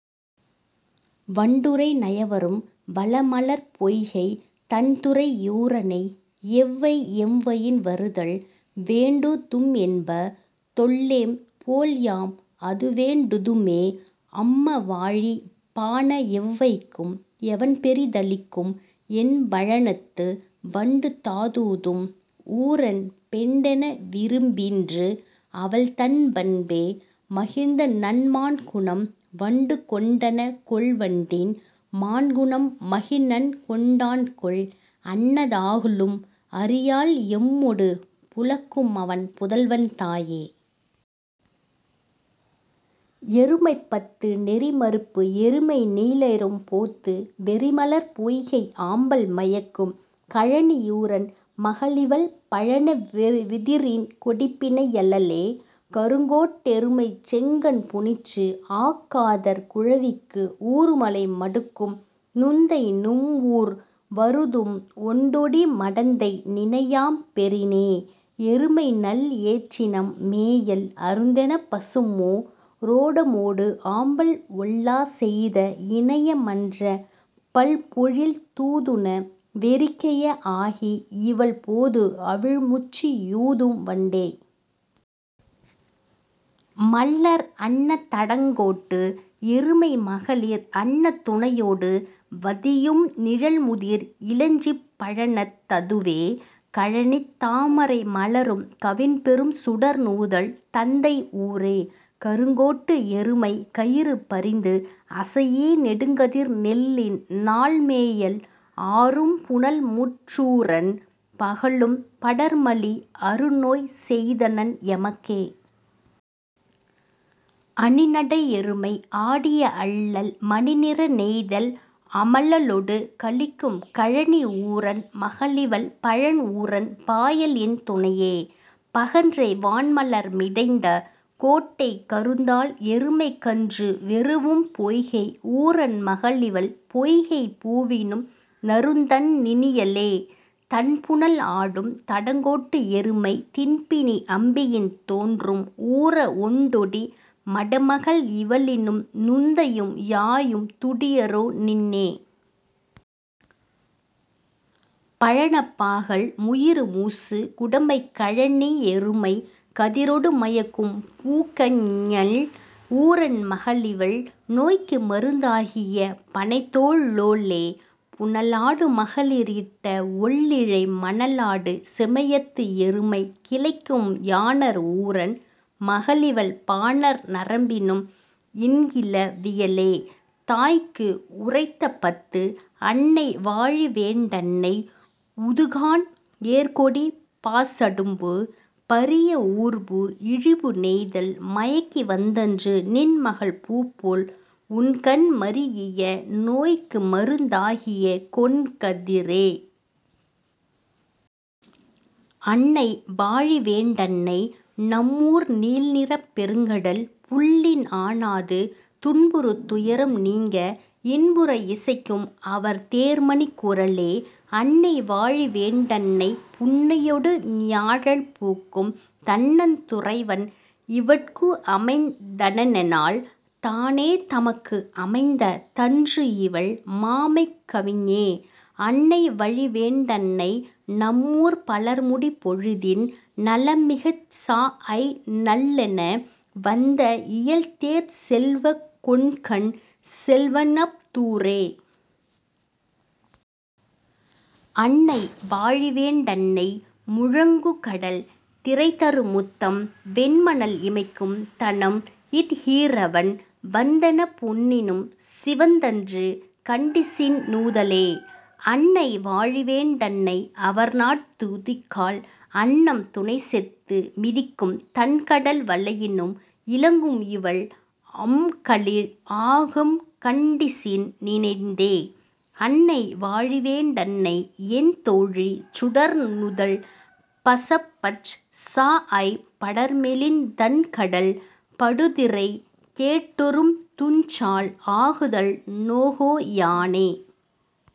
வண்டுறை நயவரும் வளமலர்ப் பொய்கைத் தண்துறை யூரனை எவ்வை எம்வயின் வருதல் வேண்டுதும் என்ப தொல்லேம் போல்யாம் அதுவேண் டுதுமே. அம்மவாழி பாண எவ்வைக்கு எவன் பெரி தளிக்கும் என்ப பழனத்து வண்டு தாதூதும் ஊரன் பெண்டென விரும்பின்று அவள்தன் பண்பே. மகிழ்நன் மாண்குணம் வண்டுகொண் டனகொல் வண்டின் மாண்குணம் மகிழ்நன்கொண் டான்கொல் அன்ன தாகலும் அறியாள் எம்மொடு புலக்கும்அவன் புதல்வன் தாயே.. எருமைப் பத்து நெறிமருப்பு எருமை நீலைரும் போத்து வெறிமலர்ப் பொய்கை ஆம்பல் மயக்கும் கழனியூரன் மகளிவள் பழன வெதிரின் கொடிப்பிணை யலளே. கருங்கோட்டு எருமைச் செங்கண் புனிற்றுஆக் காதற் குழவிக்கு ஊறுமுலை மடுக்கும் நுந்தை நும்மூர் வருதும் ஒண்தொடி மடந்தை நின்னையாம் பெறினே. எருமைநல் ஏற்றினம் மேயல் அருந்தெனப் பசுமோ ரோடமோடு ஆம்பல் ஒல்லா செய்த இனைய மன்ற பல்பொழில் தாதுண வெறுக்கைய ஆகி இவள் போதுஅவிழ் முச்சி யூதும் வண்டே. மள்ளர் அன்ன தடங்கோட்டு எருமை மகளிர் அன்ன துணையோடு வதியும் நிழல்முதிர் இலஞ்சிப் பழனத் ததுவே கழனித் தாமரை மலரும் கவின்பெறு சுடர்நூதல் தந்தை ஊரே. கருங்கோட்டு எருமை கயிறுபரிந்து அசைஇ நெடுங்கதிர் நெல்லின் நாள்மேயல் ஆரும் புனல்முற் றூரன் பகலும் படர்மலி அருநோய் செய்தனன் எமக்கே. அணிநடை எருமை ஆடிய அள்ளல் மணிநிற நெய்தல் ஆமபலொடு கலிக்கும் கழனி ஊரன் மகளிவள் பழன் ஊரன் பாயல்இன் துணையே. பகன்றை வான்மலர் மிடைந்த கோட்டைக் கருந்தாள் எருமைக் கன்று வெரூஉம் பொய்கை ஊரன் மகளிவள் பொய்கைப் பூவினும் நறுந்தண் ணியளே. தண்புணல் ஆடும் தடங்கோட்டு எருமை திண்பிணி அம்பியின் தோன்றும் ஊர ஒண்டொடி மடமகள் இவளினும் நுந்தையும் யாயும் துடியரோ நின்னே. பழனப் பாகல் முயிறுமூசு குடம்பை கழனி யெருமை கதிரொடு மயக்கும் பூக்கஞல் ஊரன் மகளிவள் நோய்க்குமருந் தாகிய பணைத்தோ ளோளே. புனலாடு மகளிர் இட்ட ஒள்ளிழை மணலாடு சிமையத்து எருமை கிளைக்கும் யாணர் ஊரன் மகளிவள் பாணர் நரம்பினும் இன்கிள வியளே..தாய்க்கு உரைத்த பத்து. அன்னை வாழிவேண் டன்னை உதுக்காண் ஏர்கொடிப் பாசடும்பு பரியஊர்பு இழிபு நெய்தல் மயக்கி வந்தன்று நின்மகள் பூப்போல் உண்கண் மரீஇய நோய்க்குமருந் தாகிய கொண்கன் தேரே. அன்னை வாழிவேண் டன்னை நம்மூர் நீல்நிறப் பெருங்கடல் புள்ளின் ஆனாது துன்புறு துயரம் நீங்க இன்புற இசைக்கும் அவர் தேர்மணிக் குரலே. அன்னை வாழிவேண் டன்னை புன்னையொடு ஞாழல் பூக்கும் தண்ணந் துறைவன் இவட்குஅமைந் தனெனால் தானே தனக்கு அமைந்த தன்றுஇவள் மாமைக் கவினே. அன்னை வழிவேண் டன்னை நம்மூர்ப் பலர்மடி பொழுதின் நலம்மிகச் சாஅய் நள்ளென வந்த இயல்தேர்ச் செல்வக் கொண்கன் செல்வனஃ தூரே. அன்னை வாழிவேண் டன்னை முழங்குகடல் திரைதரு முத்தம் வெண்மணல் இமைக்கும் தணம் த்ஹுறவன் வந்தெனப் பொன்னினும் சிவந்தன்று கண்டிசின் நூதலே. அன்னை வாழிவேண் டன்னை அவர்நாட்டுத் துதிக்கால் அன்னம் துணைசெத்து மிதிக்கும் தன்கடல் வளையினும் இலங்கும்இவள் அம்கலிழ் ஆகம் கண்டிசின் நினைந்தே. அன்னை வாழிவேண் டன்னைஎன் தோழி சுடர்நுதல் பசப்பச் சாஅய்ப் படர்மெலிந்து தண்கடல் படுதிரை கேட்டொறும் துஞ்சாள் ஆகுதல் நோகோ யானே.